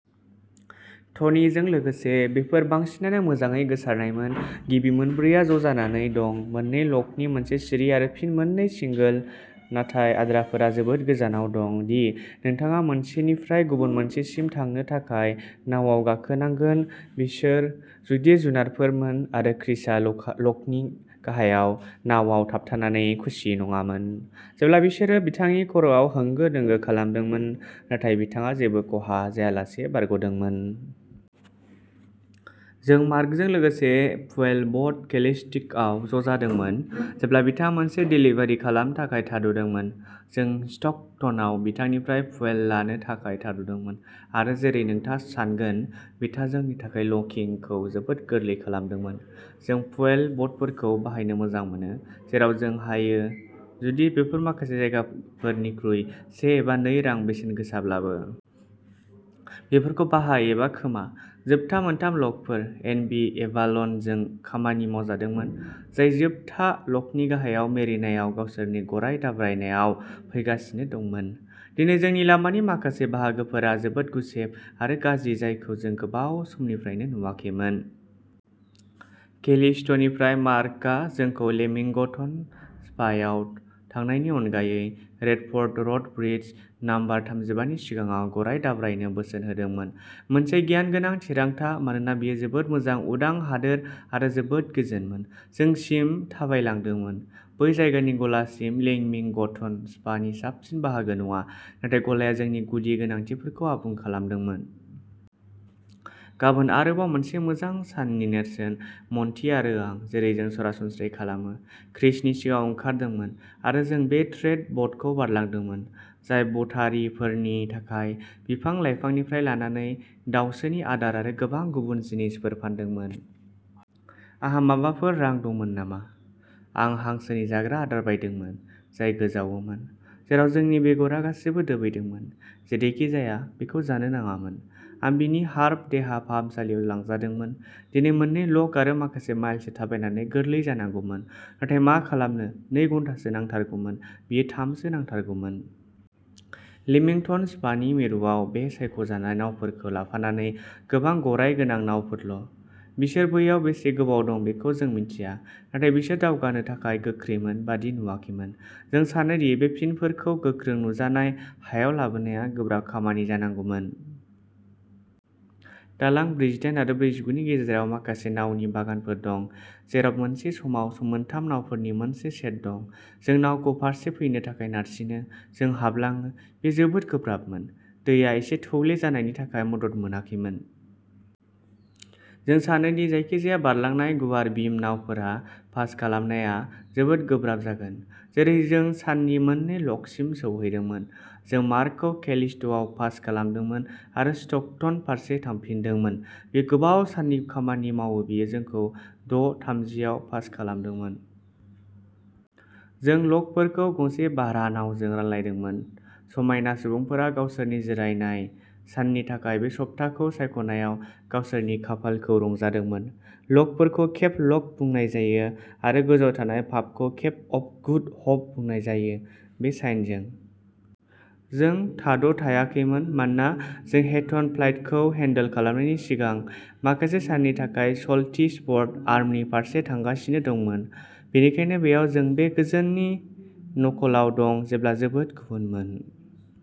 ट'नीजों लोगोसे, बेफोर बांसिनानो मोजाङै गोसारनायमोन। गिबि मोनब्रैआ ज'जानानै दं-मोननै ल'कनि मोनसे सिरि आरो फिन मोननै सिंगोल, नाथाय आद्राफोरा जोबोद गोजानाव दं दि नोंथाङा मोनसेनिफ्राय गुबुन मोनसेसिम थांनो थाखाय नावाव गाखोनांगोन। बिसोर गिदिर जुनारफोरमोन आरो क्रिसआ लका ल'कनि गाहायाव नावाव थाबथानानै खुसि नङामोन, जेब्ला बिसोरो बिथांनि खर'आव होंगो दोंगो खालामदोंमोन, नाथाय बिथाङा जेबो खहा जायालासे बारग'दोंमोन। जों मार्कजों लोगोसे फुएल बट कैलिस्ट'आव ज'जादोंमोन, जेब्ला बिथाङा मोनसे डेलिभारि खालामनो थाखाय थाद'दोंमोन। जों स्ट'कटनआव बिथांनिफ्राय फुएल लानो थाखाय थाद'दोंमोन आरो, जेरै नोंथाङा सान्गोन, बिथाङा जोंनि थाखाय ल'किंखौ जोबोद गोरलै खालामदोंमोन। जों फुएल बटफोरखौ बाहायनो मोजां मोनो जेराव जों हायो, जुदि बेफोर माखासे जायगाफोरनिख्रुइ से एबा नै रां बेसेनगोसाब्लाबो। बेफोरखौ बाहाय एबा खोमा! जोबथा मोनथाम ल'कफोर! एन. बि. एभाल'नजों खामानि मावजादोंमोन, जाय जोबथा लकनि गाहायाव मेरिनायाव गावसोरनि गराय दाब्रायनायाव फैगासिनो दंमोन। दिनै जोंनि लामानि माखासे बाहागोफोरा जोबोद गुसेब आरो गाज्रि-जायखौ जों गोबाव समनिफ्रायनो नुवाखैमोन। केलिस्ट'निफ्राय मार्कआ जोंखौ लेमिंगटन स्पायाव थांनायनि अनगायै रेडफ'र्ड र'ड ब्रिज, नं थामजिबा नि सिगाङाव गराय दाब्रायनो बोसोन होदोंमोन। मोनसे गियानगोनां थिरांथा मानोना बेयो जोबोद मोजां उदां हादोर आरो जोबोद गोजोनमोन। जों सिम थाबायलांदोंमोन बै जायगानि गलासिम-लेमिंगटन स्पानि साबसिन बाहागो नङा, नाथाय गलाया जोंनि गुदि गोनांथिफोरखौ आबुं खालामदोंमोन। गाबोन आरोबाव मोनसे मोजां साननि नेरसोन। मन्टि आरो आं, जेरै जों सरासनस्रायै खालामो, क्रिसनि सिगाङाव ओंखारदोंमोन आरो जों बे ट्रेड बटखौ बारलांदोंमोन, जाय बटारिफोरनि थाखाय बिफां-लाइफांनिफ्राय लानानै दाउसोनि आदार आरो गोबां गुबुन जिनिसफोर फानदोंमोन। आंहा माबाफोर रां दंमोन नामा? आं हांसोनि जाग्रा आदार बायदोंमोन, जाय गोजावोमोन, जेराव जोंनि बेगरा गासिबो दोबैदोंमोन! जेरैखिजाया, बेखौ जानो नाङामोन। आं बिनि हार्ब देहा फाहामसालियाव लांजादोंमोन! दिनै मोननै ल'क आरो माखासे माइलसो थाबायनानै गोरलै जानांगौमोन, नाथाय मा खालामनो नै घन्टासो नांथारगौमोन, बेयो थाम सो नांथारगौमोन। लेमिंटन स्पानि मिरुआव बे'सायख'जानाय नावफोरखौ लाफानानै गोबां गराय गोनां नावफोरल'। बिसोर बैयाव बेसे गोबाव दं बेखौ जों मिन्थिया, नाथाय बिसोर दावगानो थाखाय गोख्रैमोन बायदि नुवाखैमोन। जों सानो दि बे पिनफोरखौ गोख्रों नुजानाय हायाव लाबोनाया गोब्राब खामानि जानांगौमोन। दालां ब्रैजिदाइन आरो ब्रैजिगु नि गेजेराव माखासे नावनि बागानफोर दं, जेराव मोनसे समाव मोनथाम नावफोरनि मोनसे सेट दं। जों नावखौ फारसे फैनो थाखाय नारसिनो। जों हाबलाङो। बेयो जोबोद गोब्राबमोन, दैया एसे थौले जानायनि थाखाय मदद मोनाखैमोन। जों सानो दि जायखिजाया बारलांनाय गुवार बिम नावफोरा पास खालामनाया जोबोद गोब्राब जागोन। जेरै जों साननि मोननै लकसिम सौहैदोंमोन, जों मार्कखौ कैलिस्ट'आव पास खालामदोंमोन आरो स्ट'कटन फारसे थांफिनदोंमोन। बियो गोबाव साननि खामानि मावो-बियो जोंखौ द' थामजि आव पास खालामदोंमोन! जों लकफोरखौ गंसे भारा नावजों रानलायदोंमोन-समायना सुबुंफोरा गावसोरनि जिरायनाय साननि थाखाय बे सप्ताखौ सायख'नायाव गावसोरनि खाफालखौ रंजादोंमोन। लकफोरखौ केप लक बुंनाय जायो आरो गोजौआव थानाय पाबखौ केप अफ गुड हप बुंनाय जायो। बे साइनजों! जों थाद' थायाखैमोन मानोना जों हेटन फ्लाइटखौ हेन्डेल खालामनायनि सिगां माखासे साननि थाखाय सल्टिसफ'र्ड आर्मनि फारसे थांगासिनो दंमोन। बेनिखायनो बेयाव जों बे गोजोननि नखलआव दं-जेब्ला जोबोद गुबुनमोन।